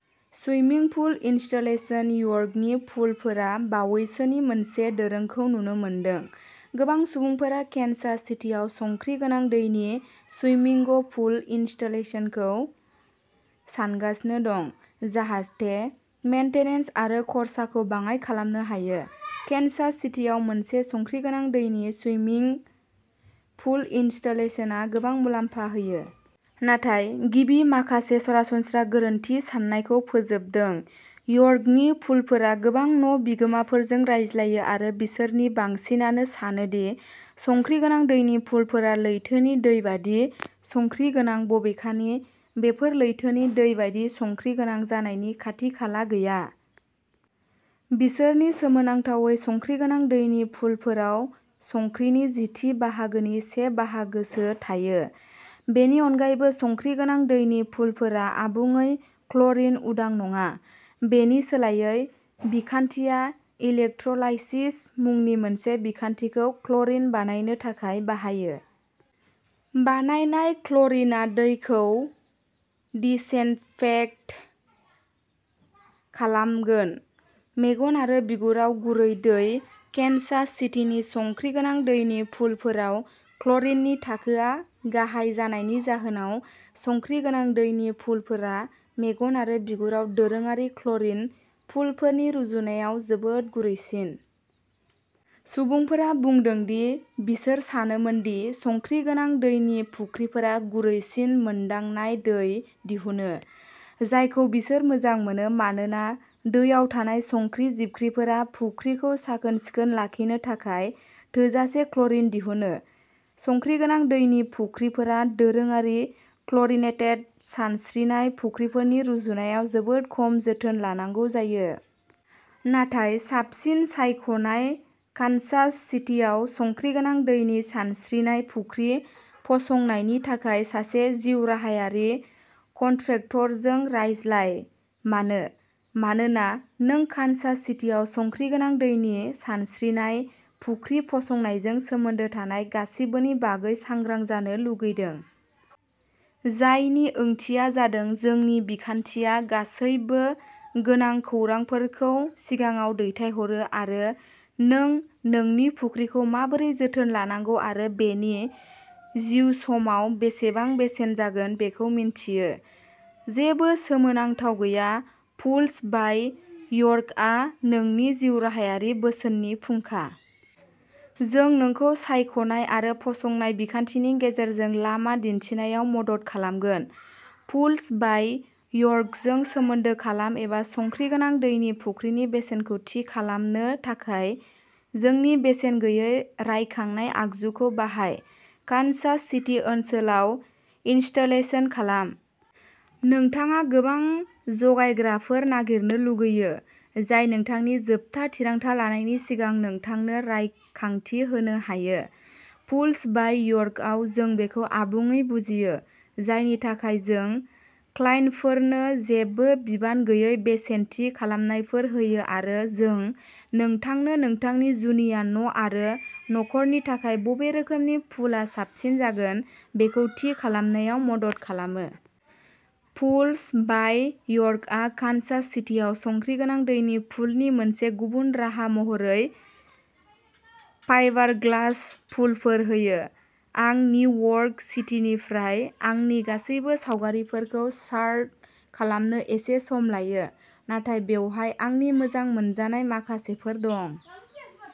सुइमिं pool installation. यर्कनि पुलफोरा बावैसोनि मोनसे दोरोंखौ नुनो मोनदों। गोबां सुबुंफोरा केन्सास सिटीआव संख्रि गोनां दैनि स्विमिंग पुल इनस्टलेशनखौ सानगासिनो दं, जाहाथे मेंटेनन्स आरो खरसाखौ बाङाइ खालामनो हायो। केन्सास सिटीआव मोनसे संख्रि गोनां दैनि स्विमिंग पुल इनस्टलेशनआ गोबां मुलाम्फा होयो। नाथाय गिबि माखासे सरासनस्रा गोरोन्थि साननायखौ फोजोबदों। यर्कनि पुलफोरा गोबां न' बिगोमाफोरजों रायज्लायो आरो बिसोरनि बांसिनानो सानो दि संख्रि गोनां दैनि पुलफोरा लैथोनि दै बायदि संख्रि गोनां। बबेखानि बेफोर लैथोनि दै बायदि संख्रि गोनां जानायनि खाथि-खाला गैया। बिसोरनि सोमोनांथावै संख्रि गोनां दैनि पुलफोराव संख्रिनि जिथि बाहागोनि से बाहागोसो थायो। बेनि अनगायैबो संख्रि गोनां दैनि पुलफोरा आबुङै क्ल'रिन उदां नङा। बेनि सोलायै बिखान्थिया इलेक्ट्र'लाइसिस मुंनि मोनसे बिखान्थिखौ क्ल'रिन बानायनो थाखाय बाहायो। बानायनाय क्ल'रिनआ दैखौ दिसइनफेक्ट खालामगोन। मेगन आरो बिगुराव गुरै दै। केन्सास सिटीनि संख्रि गोनां दैनि पुलफोराव क्ल'रिननि थाखोआ गाहाय जानायनि जाहोनाव संख्रि गोनां दैनि पुलफोरा मेगन आरो बिगुराव दोरोङारि क्ल'रिन पुलफोरनि रुजुनायाव जोबोद गुरैसिन। सुबुंफोरा बुंदों दि बिसोर सानोमोन दि संख्रि गोनां दैनि फुख्रिफोरा गुरैसिन मोनदांनाय दै दिहुनो, जायखौ बिसोर मोजां मोनो। मानोना दैयाव थानाय संख्रि जिबख्रिफोरा फुख्रिखौ साखोन-सिखोन लाखिनो थाखाय थोजासे क्ल'रिन दिहुनो। संख्रि गोनां दैनि फुख्रिफोरा दोरोङारि क्ल'रिनेटेड सानस्रिनाय फुख्रिफोरनि रुजुनायाव जोबोद खम जोथोन लानांगौ जायो। नोंनि साबसिन सायख'नाय कानसास सिटियाव संख्रि गोनां दैनि सानस्रिनाय फुख्रि फसंनायनि थाखाय सासे जिउराहायारि कन्ट्रेक्टरजों रायज्लाय। मानो? मानोना नों कानसास सिटियाव संख्रि गोनां दैनि सानस्रिनाय फुख्रि फसंनायजों सोमोन्दो थानाय गासिबोनि बागै सांग्रां जानो लुगैदों। जायनि ओंथिया जादों जोंनि बिखान्थिया गासैबो गोनां खौरांफोरखौ सिगाङाव दैथायहरो आरो नों नोंनि फुख्रिखौ माबोरै जोथोन लानांगौ आरो बेनि जिउसमाव बेसेबां बेसेन जागोन बेखौ मिन्थियो। जेबो सोमोनांथाव गैया, पुल्स बाइ यर्कआ नोंनि जिउराहायारि बोसोननि फुंखा। जों नोंखौ सायख'नाय आरो फसंनाय बिखान्थिनि गेजेरजों लामा दिन्थिनायाव मदद खालामगोन। पुल्स बाइ यर्कजों सोमोन्दो खालाम एबा संख्रि गोनां दैनि फुख्रिनि बेसेनखौ थि खालामनो थाखाय जोंनि बेसेन गैयै रायखांनाय आगजुखौ बाहाय। कानसास सिटी ओनसोलाव इनस्टलेशन खालाम। नोंथाङा गोबां जगायग्राफोर नागिरनो लुगैयो जाय नोंथांनि जोबथा थिरांथा लानायनि सिगां नोंथांनो रायखांथि होनो हायो। पुल्स बाय यर्कआव जों बेखौ आबुङै बुजियो, जायनि थाखाय जों क्लाइन्टफोरनो जेबो बिबान गैयै बेसेन थि खालामनायफोर होयो आरो जों नोंथांनो नोंथांनि जुनिया न' आरो न'खरनि थाखाय बबे रोखोमनि पुलआ साबसिन जागोन बेखौ थि खालामनायाव मदद खालामो। पुल्स बाय यर्कआ कानसास सिटीआव संख्रि गोनां दैनि पुलनि मोनसे गुबुन राहा महरै फाइबारग्लास पुलफोर होयो। आं निउ यर्क सिटीनिफ्राय आंनि गासैबो सावगारिफोरखौ सार्ट खालामनो एसे सम लायो, नाथाय बेवहाय आंनि मोजां मोनजानाय माखासेफोर दं।